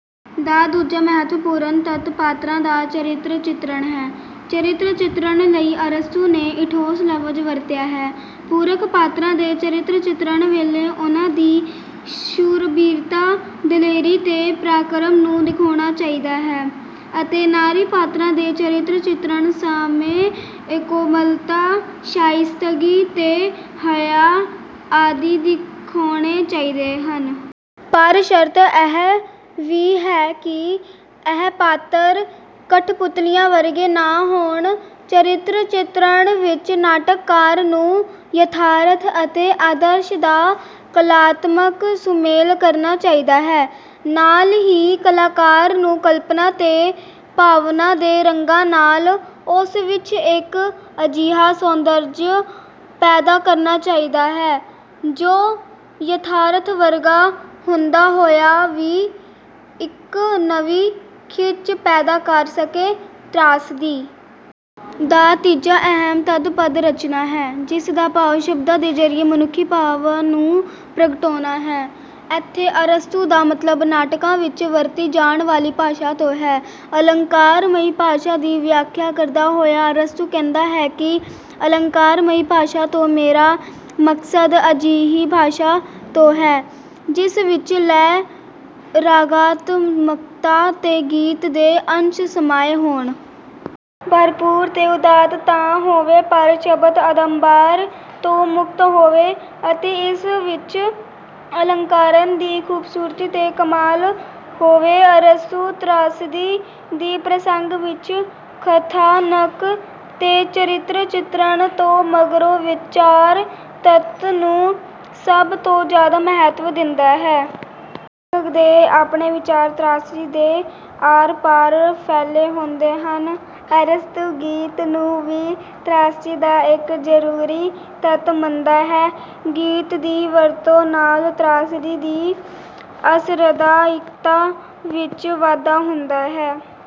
ਦਾ ਦੂਜਾ ਮਹੱਤਵਪੂਰਨ ਤੱਤ ਪਾਤਰਾਂ ਦਾ ਚਰਿੱਤਰ ਚਿਤਰਨ ਹੈ। ਚਰਿੱਤਰ ਚਿੱਤਰਣ ਲਈ ਅਰਸਤੂ ਨੇ 'ਏਥੋਸ' ਲਫ਼ਜ਼ ਵਰਤਿਆ ਹੈ। ਪੁਰਖ ਪਾਤਰਾਂ ਦੇ ਚਰਿੱਤਰ ਚਿਤਰਨ ਵੇਲੇ ਉਨ੍ਹਾਂ ਦੀ ਸੂਰਬੀਰਤਾ, ਦਲੇਰੀ ਤੇ ਪ੍ਰਾਕਰਮ ਨੂੰ ਦਿਖਾਉਣਾ ਚਾਹੀਦਾ ਹੈ ਅਤੇ ਨਾਰੀ ਪਾਤਰਾਂ ਦੇ ਚਰਿੱਤਰ ਚਿਤਰਨ ਸਮੇਂ ਕੋਮਲਤਾ, ਸ਼ਾਇਸਤਗੀ ਤੇ ਹਯਾ ਆਦਿ ਦਿਖਾਉਣੇ ਚਾਹੀਦੇ ਹਨ। ਪਰ ਸ਼ਰਤ ਇਹ ਵੀ ਹੈ ਕਿ ਇਹ ਪਾਤਰ ਕਠਪੁਤਲੀਆਂ ਵਰਗੇ ਨਾ ਹੋਣ। ਚਰਿੱਤਰ ਚਿਤਰਨ ਵਿੱਚ ਨਾਟਕਕਾਰ ਨੂੰ ਯਥਾਰਥ ਅਤੇ ਆਦਰਸ਼ ਦਾ ਕਲਾਤਮਕ ਸੁਮੇਲ ਕਰਨਾ ਚਾਹੀਦਾ ਹੈ; ਨਾਲ ਹੀ ਕਲਾਕਾਰ ਨੂੰ ਕਲਪਨਾ ਤੇ ਭਾਵਨਾ ਦੇ ਰੰਗਾਂ ਨਾਲ ਉਸ ਵਿੱਚ ਇੱਕ ਅਜਿਹਾ ਸੌਂਦਰਯ ਪੈਦਾ ਕਰਨਾ ਚਾਹੀਦਾ ਹੈ ਜੋ ਯਥਾਰਥ ਵਰਗਾ ਹੁੰਦਾ ਹੋਇਆ ਵੀ ਇੱਕ ਨਵੀਂ ਖਿੱਚ ਪੈਦਾ ਕਰ ਸਕੇ। ਤ੍ਰਾਸਦੀ ਦਾ ਤੀਜਾ ਅਹਿਮ ਤੱਤ ਪਦ-ਰਚਨਾ ਹੈ, ਜਿਸ ਦਾ ਭਾਵ ਸ਼ਬਦਾਂ ਦੇ ਜ਼ਰੀਏ ਮਨੁੱਖੀ ਭਾਵਾਂ ਨੂੰ ਪ੍ਰਗਟਾਉਣਾ ਹੈ ਅਤੇ ਇੱਥੇ ਅਰਸਤੂ ਦਾ ਮਤਲਬ ਨਾਟਕਾਂ ਵਿੱਚ ਵਰਤੀ ਜਾਣ ਵਾਲੀ ਭਾਸ਼ਾ ਤੋਂ ਹੈ। ਅਲੰਕਾਰਮਈ ਭਾਸ਼ਾ ਦੀ ਵਿਆਖਿਆ ਕਰਦਾ ਹੋਇਆ ਅਰਸਤੂ ਕਹਿੰਦਾ ਹੈ ਕਿ ਅਲੰਕਾਰਮਈ ਭਾਸ਼ਾ ਤੋਂ ਮੇਰਾ ਮਕਸਦ ਅਜਿਹੀ ਭਾਸ਼ਾ ਤੋਂ ਹੈ ਜਿਸ ਵਿੱਚ ਲੈਅ, ਰਾਗਾਤਮਕਤਾ ਤੇ ਗੀਤ ਦੇ ਅੰਸ਼ ਸਮਾਏ ਹੋਣ। ਭਰਪੂਰ ਤੇ ਉਦਾਤ ਤਾਂ ਹੋਵੇ, ਪਰ ਸ਼ਬਦ-ਅਡੰਬਰ ਤੋਂ ਮੁਕਤ ਹੋਵੇ ਅਤੇ ਇਸ ਵਿੱਚ ਅਲੰਕਾਰਾਂ ਦੀ ਖ਼ੂਬਸੂਰਤੀ ਤੇ ਕਮਾਲ ਹੋਵੇ। ਅਰਸਤੂ ਤ੍ਰਾਸਦੀ ਦੇ ਪ੍ਰਸੰਗ ਵਿੱਚ ਕਥਾਨਕ ਤੇ ਚਰਿੱਤਰ ਚਿੱਤਰਣ ਤੋਂ ਮਗਰੋਂ ਵਿਚਾਰ ਤੱਤ ਨੂੰ ਸਭ ਤੋਂ ਜ਼ਿਆਦਾ ਮਹੱਤਵ ਦਿੰਦਾ ਹੈ। ਲੇਖਕ ਦੇ ਆਪਣੇ ਵਿਚਾਰ ਤ੍ਰਾਸਦੀ ਦੇ ਆਰ-ਪਾਰ ਫੈਲੇ ਹੁੰਦੇ ਹਨ। ਅਰਸਤੂ ਗੀਤ ਨੂੰ ਵੀ ਤ੍ਰਾਸਦੀ ਦਾ ਇੱਕ ਜ਼ਰੂਰੀ ਤੱਤ ਮੰਨਦਾ ਹੈ। ਗੀਤ ਦੀ ਵਰਤੋਂ ਨਾਲ ਤ੍ਰਾਸਦੀ ਦੀ ਅਸਰਦਾਇਕਤਾ ਵਿੱਚ ਵਾਧਾ ਹੁੰਦਾ ਹੈ।